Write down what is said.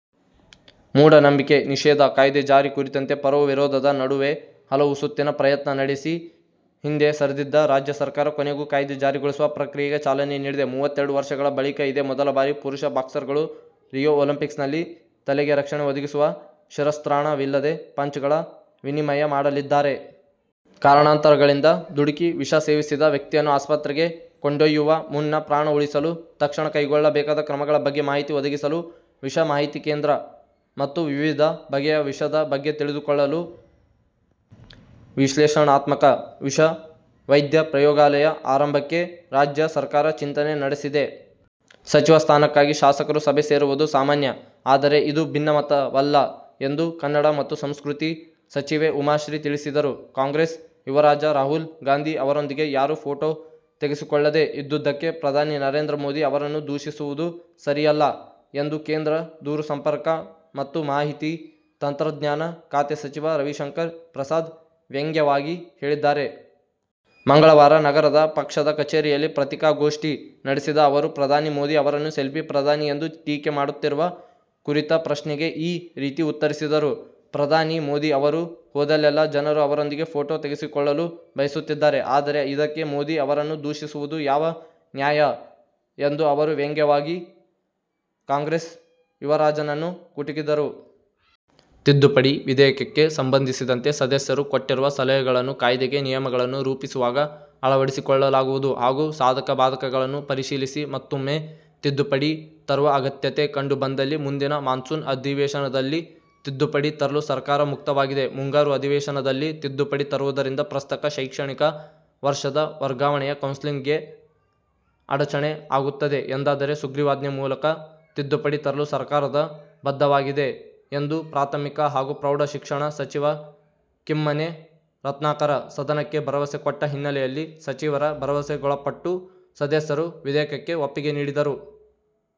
ಮೂಢನಂಬಿಕೆ ನಿಷೇಧ ಕಾಯ್ದೆ ಜಾರಿ ಕುರಿತಂತೆ ಪರ-ವಿರೋಧದ ನಡುವೆ ಹಲವು ಸುತ್ತಿನ ಪ್ರಯತ್ನ ನಡೆಸಿ ಹಿಂದೆ ಸರಿದಿದ್ದ ರಾಜ್ಯ ಸರ್ಕಾರ ಕೊನೆಗೂ ಕಾಯ್ದೆ ಜಾರಿಗೊಳಿಸುವ ಪ್ರಕ್ರಿಯೆಗೆ ಚಾಲನೆ ನೀಡಿದೆ. ಮೂವತ್ತೆರಡು ವರ್ಷಗಳ ಬಳಿಕ ಇದೇ ಮೊದಲ ಬಾರಿ ಪುರುಷ ಬಾಕ್ಸರ್ಗಳು ರಿಯೋ ಒಲಿಂಪಿಕ್ಸ್ನಲ್ಲಿ ತಲೆಗೆ ರಕ್ಷಣೆ ಒದಗಿಸುವ ಶಿರಸ್ತ್ರಾಣವಿಲ್ಲದೆ ಪಂಚ್ಗಳ ವಿನಿಮಯ ಮಾಡಲಿದ್ದಾರೆ. ಕಾರಣಾಂತರಗಳಿಂದ ದುಡುಕಿ ವಿಷ ಸೇವಿಸಿದ ವ್ಯಕ್ತಿಯನ್ನು ಆಸ್ಪತ್ರೆಗೆ ಕೊಂಡೊಯ್ಯುವ ಮುನ್ನ ಪ್ರಾಣ ಉಳಿಸಲು ತಕ್ಷಣ ಕೈಗೊಳ್ಳಬೇಕಾದ ಕ್ರಮಗಳ ಬಗ್ಗೆ ಮಾಹಿತಿ ಒದಗಿಸಲು "ವಿಷ ಮಾಹಿತಿ ಕೇಂದ್ರ' ಮತ್ತು ವಿವಿಧ ಬಗೆಯ ವಿಷದ ಬಗ್ಗೆ ತಿಳಿದುಕೊಳ್ಳಲು "ವಿಶ್ಲೇಷಣಾತ್ಮಕ ವಿಷ ವೈದ್ಯ ಪ್ರಯೋಗಾಲಯ' ಆರಂಭಕ್ಕೆ ರಾಜ್ಯ ಸರ್ಕಾರ ಚಿಂತನೆ ನಡೆಸಿದೆ. ಸಚಿವ ಸ್ಥಾನಕ್ಕಾಗಿ ಶಾಸಕರು ಸಭೆ ಸೇರುವುದು ಸಾಮಾನ್ಯ. ಆದರೆ ಇದು ಭಿನ್ನಮತ ವಲ್ಲ ಎಂದು ಕನ್ನಡ ಮತ್ತು ಸಂಸ್ಕೃತಿ ಸಚಿವೆ ಉಮಾಶ್ರೀ ತಿಳಿಸಿದರು. ಕಾಂಗ್ರೆಸ್ ಯುವರಾಜ ರಾಹುಲ್ ಗಾಂಧಿ ಅವರೊಂದಿಗೆ ಯಾರೂ ಫೋಟೋ ತೆಗೆಸಿಕೊಳ್ಳದೇ ಇದ್ದುದಕ್ಕೆ ಪ್ರಧಾನಿ ನರೇಂದ್ರ ಮೋದಿ ಅವರನ್ನು ದೂಷಿಸುವುದು ಸರಿಯಲ್ಲ ಎಂದು ಕೇಂದ್ರ ದೂರಸಂಪರ್ಕ ಮತ್ತು ಮಾಹಿತಿ ತಂತ್ರಜ್ಞಾನ ಖಾತೆ ಸಚಿವ ರವಿಶಂಕರ್ ಪ್ರಸಾದ್ ವ್ಯಂಗ್ಯವಾಗಿ ಹೇಳಿದ್ದಾರೆ. ಮಂಗಳವಾರ ನಗರದ ಪಕ್ಷದ ಕಚೇರಿಯಲ್ಲಿ ಪತ್ರಿಕಾಗೋಷ್ಠಿ ನಡೆಸಿದ ಅವರು ಪ್ರಧಾನಿ ಮೋದಿ ಅವರನ್ನು ಸೆಲ್ಫಿ ಪ್ರಧಾನಿ ಎಂದು ಟೀಕೆ ಮಾಡುತ್ತಿರುವ ಕುರಿತ ಪ್ರಶ್ನೆಗೆ ಈ ರೀತಿ ಉತ್ತರಿಸಿದರು. ಪ್ರಧಾನಿ ಮೋದಿ ಅವರು ಹೋದಲ್ಲೆಲ್ಲ ಜನರು ಅವರೊಂದಿಗೆ ಫೋಟೋ ತೆಗೆಸಿಕೊಳ್ಳಲು ಬಯಸುತ್ತಿದ್ದಾರೆ. ಆದರೆ, ಇದಕ್ಕೆ ಮೋದಿ ಅವರನ್ನು ದೂಷಿಸುವುದು ಯಾವ ನ್ಯಾಯ ಎಂದು ಅವರು ವ್ಯಂಗವಾಗಿ ಕಾಂಗ್ರೆಸ್ ಯುವರಾಜನನ್ನು ಕುಟುಕಿದರು. ತಿದ್ದುಪಡಿ ವಿಧೇಯಕಕ್ಕೆ ಸಂಬಂಧಿಸಿದಂತೆ ಸದಸ್ಯರು ಕೊಟ್ಟಿರುವ ಸಲಹೆಗಳನ್ನು ಕಾಯ್ದೆಗೆ ನಿಯಮಗಳನ್ನು ರೂಪಿಸುವಾಗ ಅಳವಡಿಸಿಕೊಳ್ಳಲಾಗುವುದು ಹಾಗೂ ಸಾಧಕ-ಬಾಧಕಗಳನ್ನು ಪರಿಶೀಲಿಸಿ ಮತ್ತೂಮ್ಮೆ ತಿದ್ದುಪಡಿ ತರುವ ಅಗತ್ಯತೆ ಕಂಡು ಬಂದಲ್ಲಿ ಮುಂದಿನ ಮಾನ್ಸೂನ್ ಅಧಿವೇಶನದಲ್ಲಿ ತಿದ್ದುಪಡಿ ತರಲು ಸರ್ಕಾರ ಮುಕ್ತವಾಗಿದೆ. ಮುಂಗಾರು ಅಧಿವೇಶನದಲ್ಲಿ ತಿದ್ದುಪಡಿ ತರುವುದರಿಂದ ಪ್ರಸಕ್ತ ಶೈಕ್ಷಣಿಕ ವರ್ಷದ ವರ್ಗಾವಣೆಯ ಕೌನ್ಸಿಲಿಂಗ್ಗೆ ಅಡಚಣೆ ಆಗುತ್ತದೆ ಎಂದಾದರೆ ಸುಗ್ರಿವಾಜ್ಞೆ ಮೂಲಕ ತಿದ್ದುಪಡಿ ತರಲು ಸರ್ಕಾರದ ಬದ್ಧವಾಗಿದೆ ಎಂದು ಪ್ರಾಥಮಿಕ ಹಾಗೂ ಪ್ರೌಢ ಶಿಕ್ಷಣ ಸಚಿವ ಕಿಮ್ಮನೆ ರತ್ನಾಕರ ಸದನಕ್ಕೆ ಭರವಸೆ ಕೊಟ್ಟ ಹಿನ್ನೆಲೆಯಲ್ಲಿ ಸಚಿವರ ಭರವಸೆಗೊಳಪಟ್ಟು ಸದಸ್ಯರು ವಿಧೇಯಕಕ್ಕೆ ಒಪ್ಪಿಗೆ ನೀಡಿದರು.